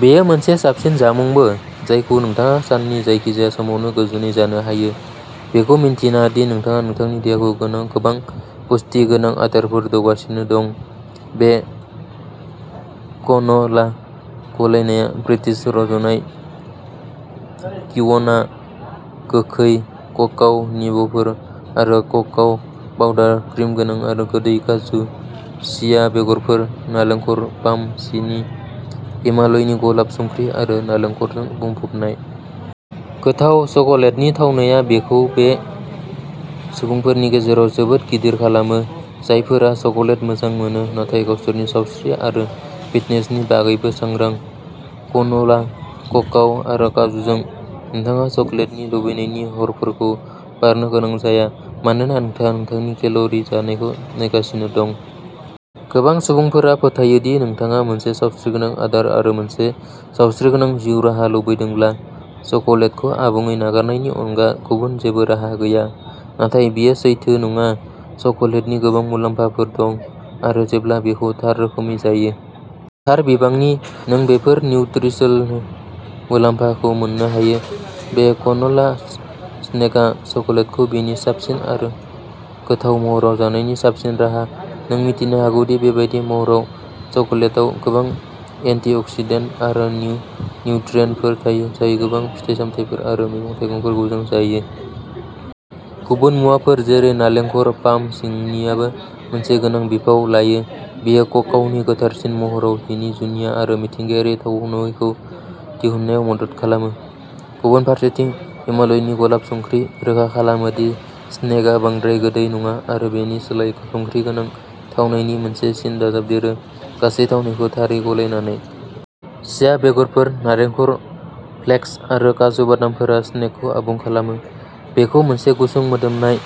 बेयो मोनसे साबसिन जामुंबो, जायखौ नोंथाङा साननि जायखिजाया समावनो गोजोनै जानो हायो, बेखौ मिन्थिना दि नोंथाङा नोंथांनि देहाखौ गोबां पुष्टि गोनां आदारफोर दौगासिनो दं। बे क्न'ला गलायनाया ब्रिटिश-रज'नाय क्विन'आ, गोखै क'काव निबफोर, आरो क'काव पाउडार, क्रिम गोनां आरो गोदै काजु, चिया बेगरफोर, नालेंखर पाम सिनि, हिमालयनि गलाब संख्रि आरो नालेंखरजों बुंफबनाय। गोथाव चकलेटनि थावनाया बेखौ बै सुबुंफोरनि गेजेराव जोबोद गिदिर खालामो, जायफोरा चकलेट मोजां मोनो नाथाय गावसोरनि सावस्रि आरो फिटनेसनि बागैबो सांग्रां। क्न'ला-क'काव आरो काजुजों, नोंथाङा चकलेटनि लुबैनायनि हरफोरखौ बारनो गोनां जाया मानोना नोंथाङा नोंथांनि केल'रि जानायखौ नायगासिनो दं। गोबां सुबुंफोरा फोथायो दि नोंथाङा मोनसे सावस्रिगोनां आदार आरो मोनसे सावस्रिगोनां जिउ राहा लुबैदोंब्ला चकलेटखौ आबुङै नागारनायनि अनगा गुबुन जेबो राहा गैया, नाथाय बेयो सैथो नङा। चकलेटनि गोबां मुलाम्फाफोर दं, आरो जेब्ला बेखौ थार रोखोमै जायो। थार बिबांनि, नों बेफोर निउत्रिसनेल मुलाम्फाखौ मोननो हायो। बे क्नला स्नेकआ चकलेटखौ बिनि साबसिन आरो गोथार महराव जानायनि साबसिन राहा। नों मिथिनो हागौदि बेबादि महराव, चकलेटाव गोबां एन्टिअक्सिडेन्ट आरो निउट्रियेन्टफोर थायो, जाय गोबां फिथाइ-सामथाइफोर आरो मैगं-थाइगंफोरखौ जों जायो। गुबुन मुवाफोर जेरै नालेंखर पाम सिनिआबो मोनसे गोनां बिफाव लायो-बेयो ककावनि गोथारसिन महराव बिनि जुनिया आरो मिथिंगायारि थावनायखौ दिहुननायाव मदद खालामो। गुबुन फारसेथिं, हिमालयनि गलाब संख्रि, रोखा खालामो दि स्नेकआ बांद्राय गोदै नङा आरो बेनि सोलायै संख्रि गोनां थावनायनि मोनसे सिन दाजाबदेरो, गासै थावनायखौ थारै गलायनानै। चिया बेगरफोर, नालेंखर फ्लेक्स आरो काजु बादामफोरा स्नेकखौ आबुं खालामो, बेखौ मोनसे गुसुं-मोदोमनाय,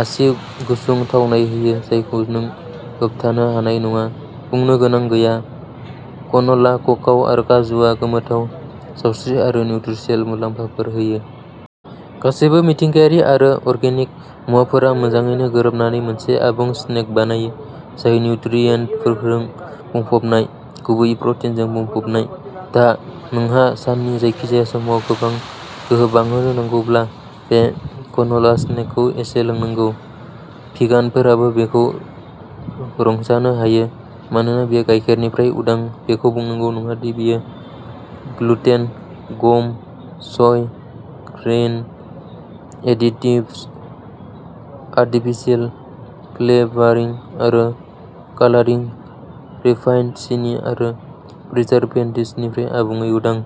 आसि-गुसुं थावनाय होयो जायखौ नों होबथानो हानाय नङा। बुंनो गोनां गैया, क्नला-ककाव आरो काजुआ गोमोथाव सावस्रि आरो निउत्रिसनेल मुलाम्फाफोर होयो। गासैबो मिथिंगायारि आरो अर्गेनिक मुवाफोरा मोजाङै गोरोबनानै मोनसे आबुं स्नेक बानायो, जाय निउट्रियेन्टफोरजों बुंफबनाय, गुबैयै प्रटिनजों बुंफबनाय। दा, नोंहा साननि जायखिजाया समाव गोहो बांहोनो नांगौब्ला बे क्न'ला स्नेकखौ एसे लोंनांगौ। भिगानफोराबो बेखौ रंजानो हायो, मानोना बेयो गाइखेरनिफ्राय उदां, बेखौ बुंनांगौ नङा दि बेयो gluten, gum, soy, grain, additives, artificial flavouring आरो कालारिं, रिफाइन्ड सिनि आरो प्रिजारभेटिभ्सनिफ्राय आबुङै उदां।